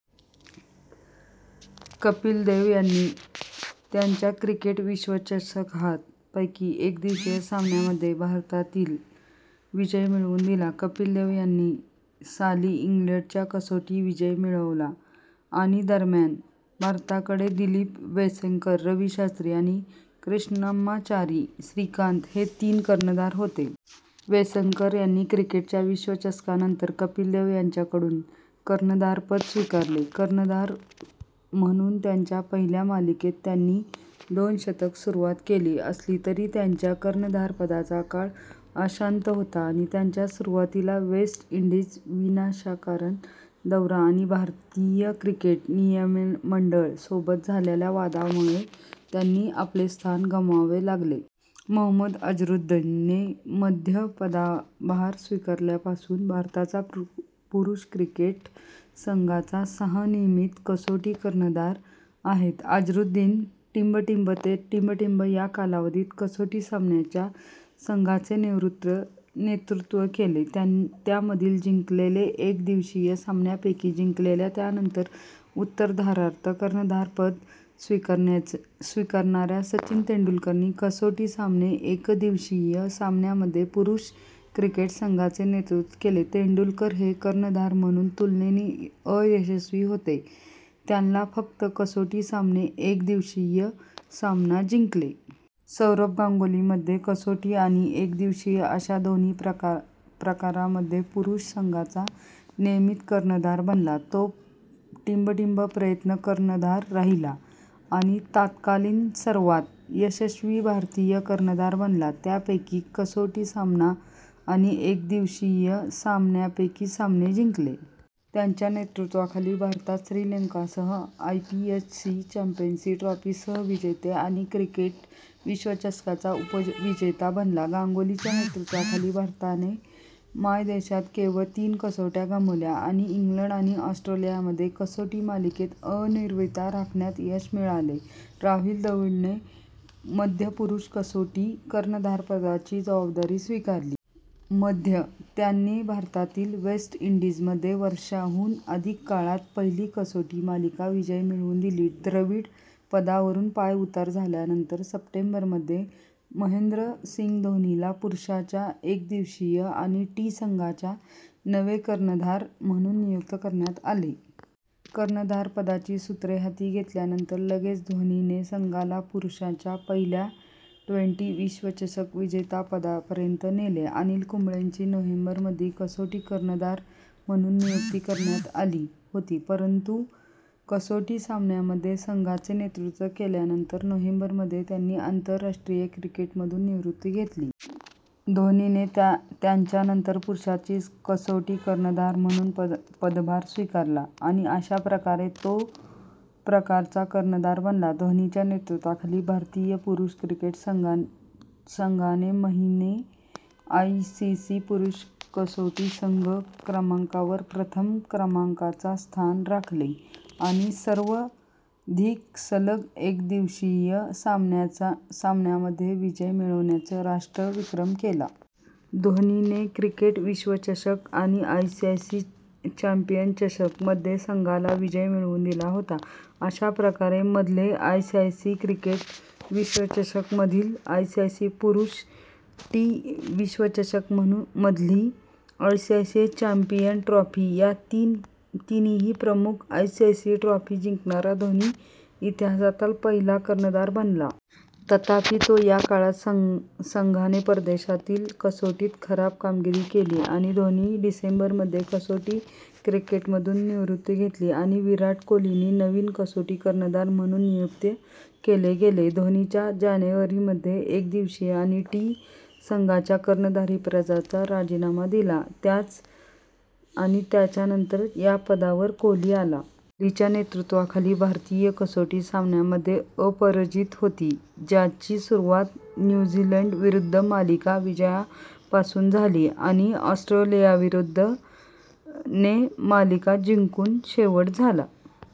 कपिल देव यांनी च्या क्रिकेट विश्वचषकासह, पैकी एकदिवसीय सामन्यांमध्ये भारताला विजय मिळवून दिला. कपिल देव यांनी साली इंग्लंडमध्ये - कसोटी विजय मिळवला. - आणि - दरम्यान, भारताकडे दिलीप वेंगसरकर, रवी शास्त्री आणि कृष्णम्माचारी श्रीकांत हे तीन कर्णधार होते. वेंगसरकर यांनी च्या क्रिकेट विश्वचषकानंतर कपिल देव यांच्याकडून कर्णधारपद स्वीकारले. कर्णधार म्हणून त्याच्या पहिल्या मालिकेत त्याने दोन शतकांनी सुरुवात केली असली तरी, त्याच्या कर्णधारपदाचा काळ अशांत होता आणि च्या सुरुवातीला वेस्ट इंडीजचा विनाशकारी दौरा आणि भारतीय क्रिकेट नियामक मंडळ सोबत झालेल्या वादामुळे त्यांना आपले स्थान गमवावे लागले. मोहम्मद अझरुद्दीनने मध्ये पदभार स्वीकारल्यापासून भारताच्या पुरुष क्रिकेट संघाचे सहा नियमित कसोटी कर्णधार आहेत. अझरुद्दीनने - ते - या कालावधीत कसोटी सामन्यांमध्ये संघाचे नेतृत्व केले, त्यामधील जिंकले आणि एकदिवसीय सामन्यांपैकी जिंकले. त्यानंतर च्या उत्तरार्धात कर्णधारपद स्वीकारणाऱ्या सचिन तेंडुलकरने कसोटी सामने आणि एकदिवसीय सामन्यांमध्ये पुरुष क्रिकेट संघाचे नेतृत्व केले; तेंडुलकर एक कर्णधार म्हणून तुलनेने अयशस्वी होता, त्याने फक्त कसोटी सामने आणि एकदिवसीय सामने जिंकले.। सौरव गांगुली मध्ये कसोटी आणि एकदिवसीय अशा दोन्ही प्रकारांमध्ये पुरुष संघाचा नियमित कर्णधार बनला. तो - पर्यंत कर्णधार राहिला आणि तत्कालीन सर्वात यशस्वी भारतीय कर्णधार बनला, त्याने पैकी कसोटी सामने आणि एकदिवसीय सामन्यांपैकी सामने जिंकले. त्याच्या नेतृत्वाखाली, भारत श्रीलंकेसह आयसीसी चॅम्पियन्स ट्रॉफीचा सहविजेता आणि क्रिकेट विश्वचषकाचा उपविजेता बनला. गांगुलीच्या नेतृत्वाखाली भारताने मायदेशात केवळ तीन कसोटी गमावल्या आणि इंग्लंड आणि ऑस्ट्रेलियामध्ये कसोटी मालिका अनिर्णित राखण्यात यश मिळवले. राहुल द्रविडने मध्ये पुरुषांच्या कसोटी कर्णधारपदाची जबाबदारी स्वीकारली. मध्ये, त्याने भारताला वेस्ट इंडीजमध्ये वर्षांहून अधिक काळातील पहिला कसोटी मालिका विजय मिळवून दिला. द्रविड पदावरून पायउतार झाल्यानंतर सप्टेंबर मध्ये, महेंद्रसिंग धोनीला पुरुषांच्या एकदिवसीय आणि टी संघांचे नवे कर्णधार म्हणून नियुक्त करण्यात आले. कर्णधारपदाची सूत्रे हाती घेतल्यानंतर लगेचच धोनीने संघाला पुरुषांच्या पहिल्या ट्वेंटी विश्वचषक विजेतेपदापर्यंत नेले. अनिल कुंबळेची नोव्हेंबर मध्ये कसोटी कर्णधार म्हणून नियुक्ती करण्यात आली होती, परंतु कसोटी सामन्यांमध्ये संघाचे नेतृत्व केल्यानंतर नोव्हेंबर मध्ये त्यांने आंतरराष्ट्रीय क्रिकेटमधून निवृत्ती घेतली. धोनीने त्याच्यानंतर पुरुषांचा कसोटी कर्णधार म्हणून पदभार स्वीकारला आणि अशा प्रकारे तो सर्व प्रकारांमध्ये कर्णधार बनला. धोनीच्या नेतृत्वाखाली, भारतीय पुरुष क्रिकेट संघाने महिने आयसीसी पुरुषांच्या कसोटी संघ क्रमवारीत प्रथम क्रमांकाचे स्थान राखले आणि सर्वाधिक सलग एकदिवसीय सामन्यांमध्ये विजय मिळवण्याचा राष्ट्रीय विक्रम केला. धोनीने क्रिकेट विश्वचषक आणि आयसीसी चॅम्पियन्स चषक मध्येही संघाला विजय मिळवून दिला होता. अशा प्रकारे, मधील आयसीसी क्रिकेट विश्वचषक, मधील आयसीसी पुरुष टी विश्वचषक आणि मधील आयसीसी चॅम्पियन्स ट्रॉफी या तीनही प्रमुख आयसीसी ट्रॉफी जिंकणारा धोनी इतिहासातील पहिला कर्णधार बनला. तथापि, ते या काळात संघाने परदेशातील कसोटीत खराब कामगिरी केली आणि धोनीने डिसेंबर मध्ये कसोटी क्रिकेटमधून निवृत्ती घेतली आणि विराट कोहलीला नवीन कसोटी कर्णधार म्हणून नियुक्त केले गेले. धोनीने जानेवारी मध्ये एकदिवसीय आणि टी संघांच्या कर्णधारपदाचा राजीनामा दिला आणि त्याच्यानंतर या पदावरकोहली आला. कोहलीच्या नेतृत्वाखाली, भारत कसोटी सामन्यांमध्ये अपराजित होता, ज्याची सुरुवात न्यू झीलंड विरुद्ध - मालिका विजयापासून झाली आणि ऑस्ट्रेलियाविरुद्ध - ने मालिका जिंकून शेवट झाला.